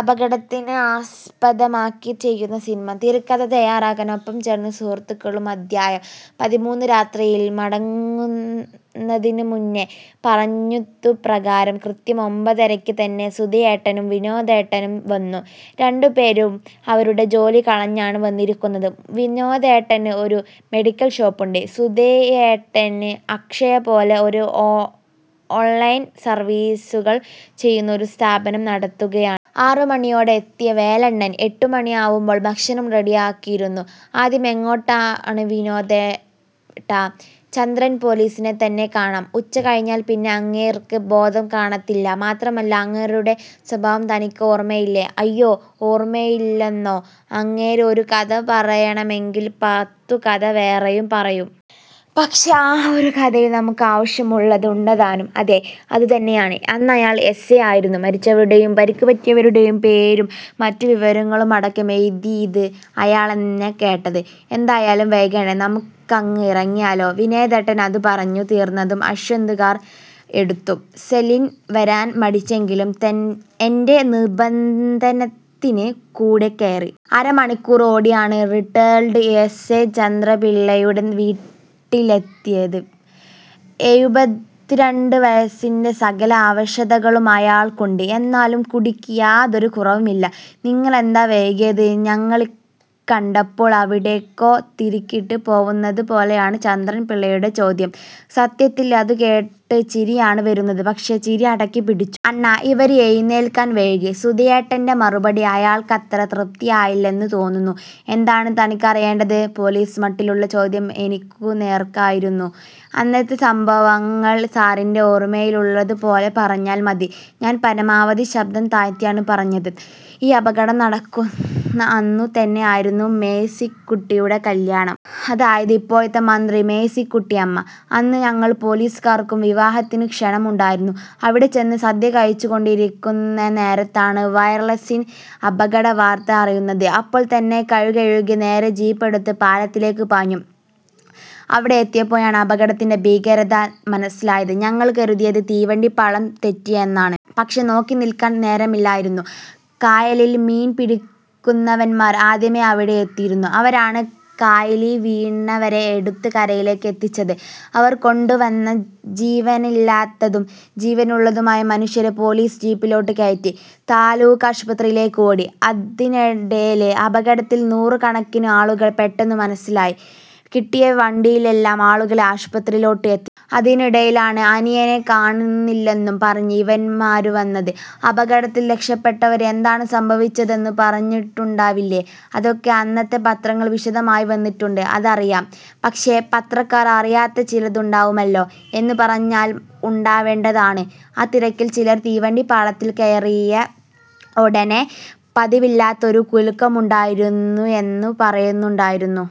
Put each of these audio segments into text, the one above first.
അപകടത്തിനെ ആസ്പദമാക്കി ചെയ്യുന്ന സിനിമ; തിരക്കഥ തയ്യാറാക്കാൻ ഒപ്പം ചേർന്ന് സുഹൃത്തുക്കളും അധ്യായം: പതിമൂന്ന് രാത്രിയിൽ മടങ്ങുന്നതിനു മുന്നെ പറഞ്ഞതുപ്രകാരം കൃത്യം ഒമ്പതരയ്ക്ക് തന്നെ സുധിയേട്ടനും വിനോദേട്ടനും വന്നു. രണ്ടുപേരും അവരുടെ ജോലി കളഞ്ഞാണ് വന്നിരിക്കുന്നത്. വിനോദേട്ടന് ഒരു മെഡിക്കൽ ഷോപ്പുണ്ട്. സുധിയേട്ടൻ അക്ഷയ പോലെ ഓൺലൈൻ സർവീസുകൾ ചെയ്യുന്ന ഒരു സ്ഥാപനം നടത്തുകയാണ്. ആറുമണിയോടെ എത്തിയ വേലണ്ണൻ എട്ടുമണിയാവുമ്പോൾ ഭക്ഷണം റെഡിയാക്കിയിരുന്നു. "ആദ്യം എങ്ങോട്ടാണ് വിനോദേട്ടാ? " "ചന്ദ്രൻ പൊലീസിനെ തന്നെ കാണാം. ഉച്ച കഴിഞ്ഞാല് പിന്നെ അങ്ങേർക്ക് ബോധം കാണത്തില്ല. മാത്രമല്ല, അങ്ങേരുടെ സ്വഭാവം തനിക്ക് ഓർമയില്ലേ? " "അയ്യോ. ഓർമയില്ലെന്നോ? അങ്ങേര് ഒരു കഥ പറയണമെങ്കിൽ പത്തുകഥ വേറെ പറയും. പക്ഷേ, ആ ഒരു കഥയിൽ നമുക്ക് ആവശ്യമുള്ളതുണ്ടുതാനും" "അതേ, അതുതന്നെയാണ്. അന്നയാള് എസ്. ഐ ആയിരുന്നു. മരിച്ചവരുടെയും പരിക്കുപറ്റിയവരുടെയും പേരും മറ്റു വിവരങ്ങളുമടക്കം എഴുതീത് അയാളെന്നാ കേട്ടത്. എന്തായാലും വൈകണ്ട. നമുക്കങ്ങ് ഇറങ്ങിയാലോ? " വിനോദേട്ടൻ അതു പറഞ്ഞു തീർന്നതും അശ്വന്ത് കാർ എടുത്തു. സെലിൻ വരാൻ മടിച്ചെങ്കിലും എന്റെ നിർബന്ധത്തിന് കൂടെക്കയറി. അരമണിക്കൂർ ഓടിയാണ് റിട്ടേർഡ് എസ്. ഐ ചന്ദ്രൻപിള്ളയുടെ വീട്ടിലെത്തിയത്. എഴുപത്തിരണ്ടു വയസിൻ്റെ സകല അവശതകളും അയാൾക്കുണ്ട്. എന്നാലും കുടിക്ക് യാതൊരു കുറവുമില്ല. "നിങ്ങളെന്താ വൈകിയത്? " ഞങ്ങളെ കണ്ടപ്പോൾ അവിടേക്കോ തിരക്കിട്ട് പോവുന്നതു പോലയാണ് ചന്ദ്രൻ പിള്ളയുടെ ചോദ്യം. സത്യത്തിൽ അതുകേട്ട് ചിരിയാണ് വരുന്നത്. പക്ഷേ, ചിരി അടക്കിപ്പിടിച്ചു. "അണ്ണാ ഇവര് എഴുന്നേൽക്കാൻ വൈകി". സുധിയേട്ടന്റെ മറുപടി അയാൾക്കത്ര തൃപ്തിയായില്ലെന്നു തോന്നുന്നു. "എന്താണ് തനിക്കറിയേണ്ടത്? " പേൊലീസ് മട്ടിലുള്ള ചോദ്യം എനിക്കുനേർക്കായിരുന്നു. "അന്നത്തെ സംഭവങ്ങൾ സാറിന്റെ ഓർമയിലുള്ളതു പോലെ പറഞ്ഞാല് മതി". ഞാൻ പരമാവധി ശബ്ദം താഴ്ത്തിയാണ് പറഞ്ഞത്. "ഈ അപകടം നടക്കുന്ന അന്നു തന്നെയായിരുന്നു മേഴ്സിക്കുട്ടിയുടെ കല്യാണം. അതായത് ഇപ്പോഴത്തെ മന്ത്രി മേഴ്സിക്കുട്ടിയമ്മ. അന്ന് ഞങ്ങൾ പൊലീസുകാർക്കും വിവാഹത്തിനു ക്ഷണം ഉണ്ടായിരുന്നു. അവിടെ ചെന്ന് സദ്യ കഴിച്ചു കൊണ്ടിരിക്കുന്ന നേരത്താണ് വയർലെസിൽ അപകടവാർത്ത അറിയുന്നത്. അപ്പോൾ തന്നെ കൈകഴുകി നേരെ ജീപ്പെടുത്ത് പാലത്തിലേക്ക് പാഞ്ഞു. അവിടെ എത്തിയപ്പോഴാണ് അപകടത്തിന്റെ ഭീകരത മനസിലായത്. ഞങ്ങൾ കരുതിയത് തീവണ്ടി പാളം തെറ്റിയെന്നാണ്. പക്ഷേ, നോക്കി നിൽക്കാൻ നേരമില്ലായിരുന്നു. കായലിൽ മീൻപിടിക്കുന്നവന്മാര് ആദ്യമേ അവിടെ എത്തിയിരുന്നു. അവരാണ് കായലീ വീണവരെ എടുത്ത് കരയിലേക്ക് എത്തിച്ചത്. അവർ കൊണ്ടുവന്ന ജീവനില്ലാത്തത്തും ജീവനുള്ളതുമായ മനുഷ്യരെ പൊലീസ് ജീപ്പിലോട്ട് കയറ്റി താലൂക്കാശുപത്രീയിലേക്ക് ഓടി. അതിനെടേല് അപകടത്തിൽ നൂറുകണക്കിന് ആളുകള് പെട്ടെന്നു മനസിലായി. കിട്ടിയ വണ്ടിയിലെല്ലാം ആളുകളെ ആശുപത്രീലോട്ട് എത്തി അതിനിടയിലാണ് അനിയനെ കാണുന്നില്ലെന്നും പറഞ്ഞ് ഇവന്മാരും വന്നത്" "അപകടത്തിൽ രക്ഷപ്പെട്ടവര് എന്താണ് സംഭവിച്ചതെന്നു പറഞ്ഞിട്ടുണ്ടാവില്ലേ? " "അതൊക്കെ അന്നത്തെ പത്രങ്ങളിൽ വിശദമായി വന്നിട്ടുണ്ട്. " "അതറിയാം. പക്ഷേ, പത്രക്കാര് അറിയാത്ത ചിലതുണ്ടാവുമല്ലോ? " "എന്നു പറഞ്ഞാല് ഉണ്ടാവേണ്ടതാണ്. ആ തിരക്കിൽ ചിലര് തീവണ്ടി പാളത്തിൽ കയറിയ ഒടനെ പതിവില്ലാത്തൊരു കുലുക്കമുണ്ടായെന്നു പറയുന്നുണ്ടായയിരുന്നു.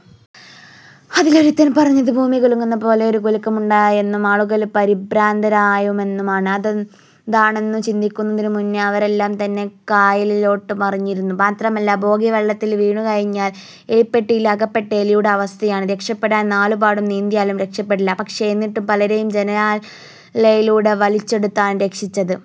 അതിലൊരുത്തൻ പറഞ്ഞത് ഭൂമി കുലുങ്ങന്ന പോലൊരു കുലുക്കം ഉണ്ടായെന്നും ആളുകൾ പരിഭ്രാന്തരായെന്നുമാണ്. അതെന്താണെന്നു ചിന്തിക്കുന്നതിനു മുന്നേ അവരെല്ലാം തന്നെ കായലിലോട്ട് മറിഞ്ഞിരുന്നു. മാത്രമല്ല, ബോഗി വെള്ളത്തിൽ വീണുകഴിഞ്ഞാല്, എലിപ്പെട്ടിയിൽ അകപ്പെട്ട എലിയുടെ അവസ്ഥയാണ്. രക്ഷപ്പെടാൻ നാലുപോടും നീന്തിയാലും രക്ഷപ്പെടില്ല. പക്ഷേ, എന്നിട്ടും പലരെയും ജനാലയിലൂടെ വലിച്ചെടുത്താണ് രക്ഷിച്ചത്.